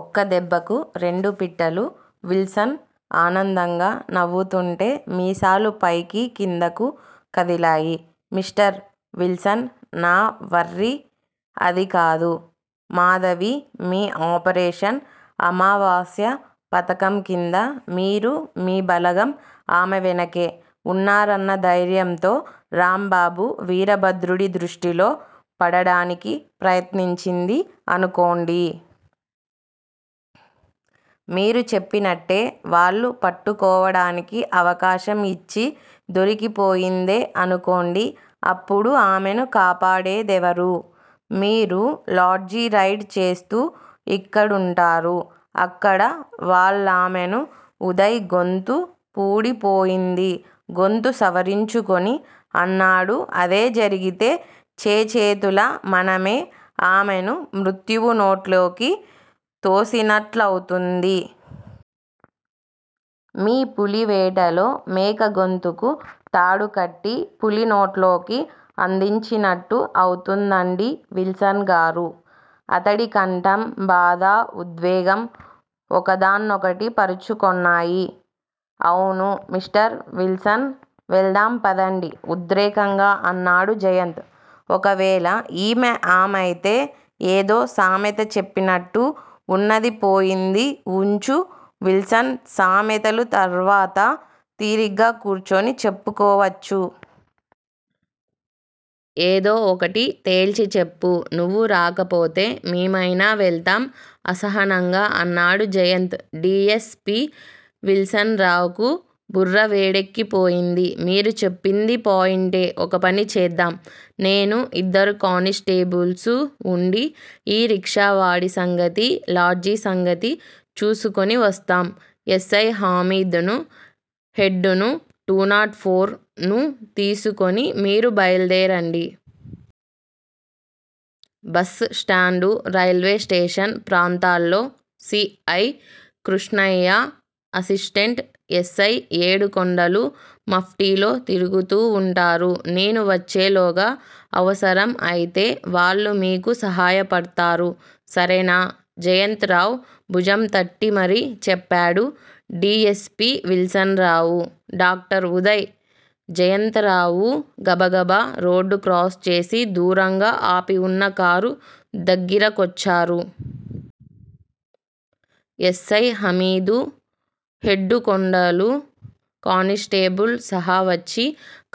ఒక్క దెబ్బకు రెండు పిట్టలు విల్సన్ ఆనందంగా నవ్వుతుంటే మీసాలు పైకీ కిందకూ కదిలాయి. Mister Wilson. నా వర్రీ అదికాదు. మాధవి మీ ఆపరేషన్ అమావాస్య పథకంకింద మీరు మీ బలగం ఆమె వెనకే, ఉన్నారన్న ధైర్యంతో, రాంబాబు వీరభద్రుడి దృష్టిలో పడడానికి ప్రయత్నించింది అనుకోండి! మీరు చెప్పినట్టే వాళ్ళు పట్టుకోవడానికి అవకాశం ఇచ్చి దొరికిపోయిందే అనుకోండి అప్పుడు ఆమెను కాపాడేదెవరూ? మీరు లాడ్జి రైడ్ చేస్తూ ఇక్కడుంటారు. అక్కడ వాళ్ళామెను ఉదయ్ గొంతు పూడి పోయింది. గొంతు సవరించుకొని అన్నాడు అదే జరిగితే చేచేతులా మనమే ఆమెను మృత్యువు నోట్లోకి తోసినట్లవుతుంది. మీ పులివేటలో మేకగొంతుకు తాడుకట్టి పులినోట్లోకి అందించినట్టు అవుతుందండి విల్సన్ గారూ? అతడి కంఠం బాధా, ఉద్వేగం ఒకదాన్నొకటి పరుచుకొన్నాయి. అవును! మిస్టర్ విల్సన్ వెళ్దాం పదండి ఉద్రేకంగా అన్నాడు జయంత్. ఒకవేళ ఈమే ఆమైతే, ఏదో సామెత చెప్పినట్టు ఉన్నదీ పోయింది ఉంచు విల్సన్ సామెతలు తర్వాత తీరిగ్గా కూర్చొని చెప్పుకోవచ్చు. ఏదో ఒకటి తెల్చిచెప్పు. నువ్వు రాకపోతే మేమైనా వెళ్తాం అసహనంగా అన్నాడు Jayant. D. S. P. Wilson రావుకు బుర్రవేడెక్కిపోయింది. మీరు చెప్పిందీ పాయింటే. ఒకపని చేద్దాం. నేను, ఇద్దరు కాని స్టేబుల్సూ వుండి, ఈ రిక్షావాడి సంగతీ, లాడ్జి సంగతి చూసుకొనివస్తాం. ఎస్సై హామీద్ నూ, హెడ్ నూ, టూనాట్ ఫోర్ నూ తీసుకొని మీరు బయల్దేరండి. బస్ స్టాండూ, రైల్వే స్టేషన్ ప్రాంతాల్లో సి. ఐ. కృష్ణయ్యా, అసిస్టెంట్ ఎస్సై ఏడుకొండలూ మఫ్టిలో తిరుగుతూ వుంటారు. నేను వచ్చేలోగా అవసరం అయితే వాళ్ళు మీకు సహాయపడ్తారు. సరేనా? జయంత్ రావు భుజంతట్టి మరీ చెప్పాడు D. S. P. Wilson Rao. Doctor Uday, Jayantrao, గబగబారోడ్డు క్రాస్ చేసి దూరంగా ఆపివున్న కారు దగ్గిరకొచ్చారు. ఎస్సై హమీదూ, హెడ్డు కొండలూ, కానిస్టేబుల్ సహవచ్చి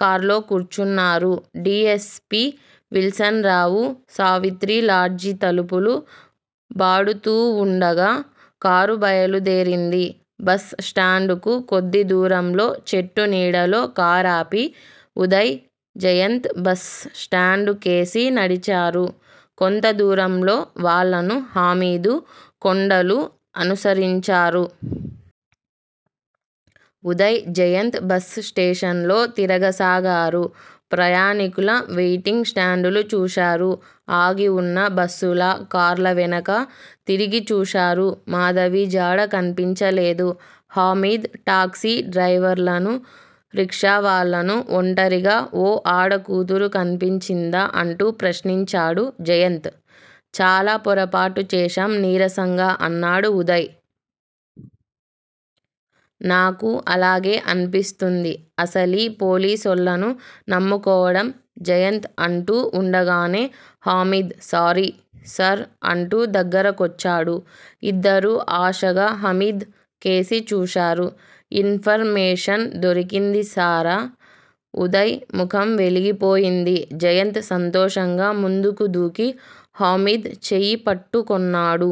కార్లో కూర్చున్నారు. D. S. P Wilson Rao, సావిత్రిలాడ్జి తలుపులు బాడుతూవుండగా కారు బయలుదేరింది. బస్ స్టాండు కు కొద్దిదూరంలో చెట్టునీడలో కారాపి, ఉదయ్, జయంత్ బస్ స్టాండు కేసి నడిచారు. కొంతదూరంలో వాళ్ళను హమీదూ, కొండలూ అనుసరించారు. ఉదయ్, జయంత్, బస్ స్టేషన్ లో తిరగసాగారు. ప్రయాణీకుల వైటింగ్ స్టాండులు చూశారు. ఆగివున్న బస్సుల, కార్ల వెనక తిరిగిచూశారు. మాధవిజాడ కన్పించలేదు. హమీద్ టాక్సీ డ్రైవర్లనూ, రిక్షావాళ్ళానూ, ఒంటరిగా ఓ ఆడకూతురు కన్పించిందా అంటూ ప్రశ్నించాడు. జయంత్! చాలా పొరపాటు చేశాం నీరసంగా అన్నాడు ఉదయ్. నాకూ అలాగే అన్పిస్తుంది. అసలీ పోలీసోళ్ళను నమ్ముకోవడం జయంత్ అంటూ ఉండగానే హమీద్ సారీ! సార్ అంటూ దగ్గర కొచ్చాడు. ఇద్దరూ ఆశగా హమీద్ కేసి చూశారు. ఇన్ ఫర్ మేషన్ దొరికింది సార. ఉదయ్ ముఖం వెలిగిపోయింది. జయంత్ సంతోషంగా ముందుకు దూకి హమీద్ చెయ్యిపట్టుకొన్నాడు.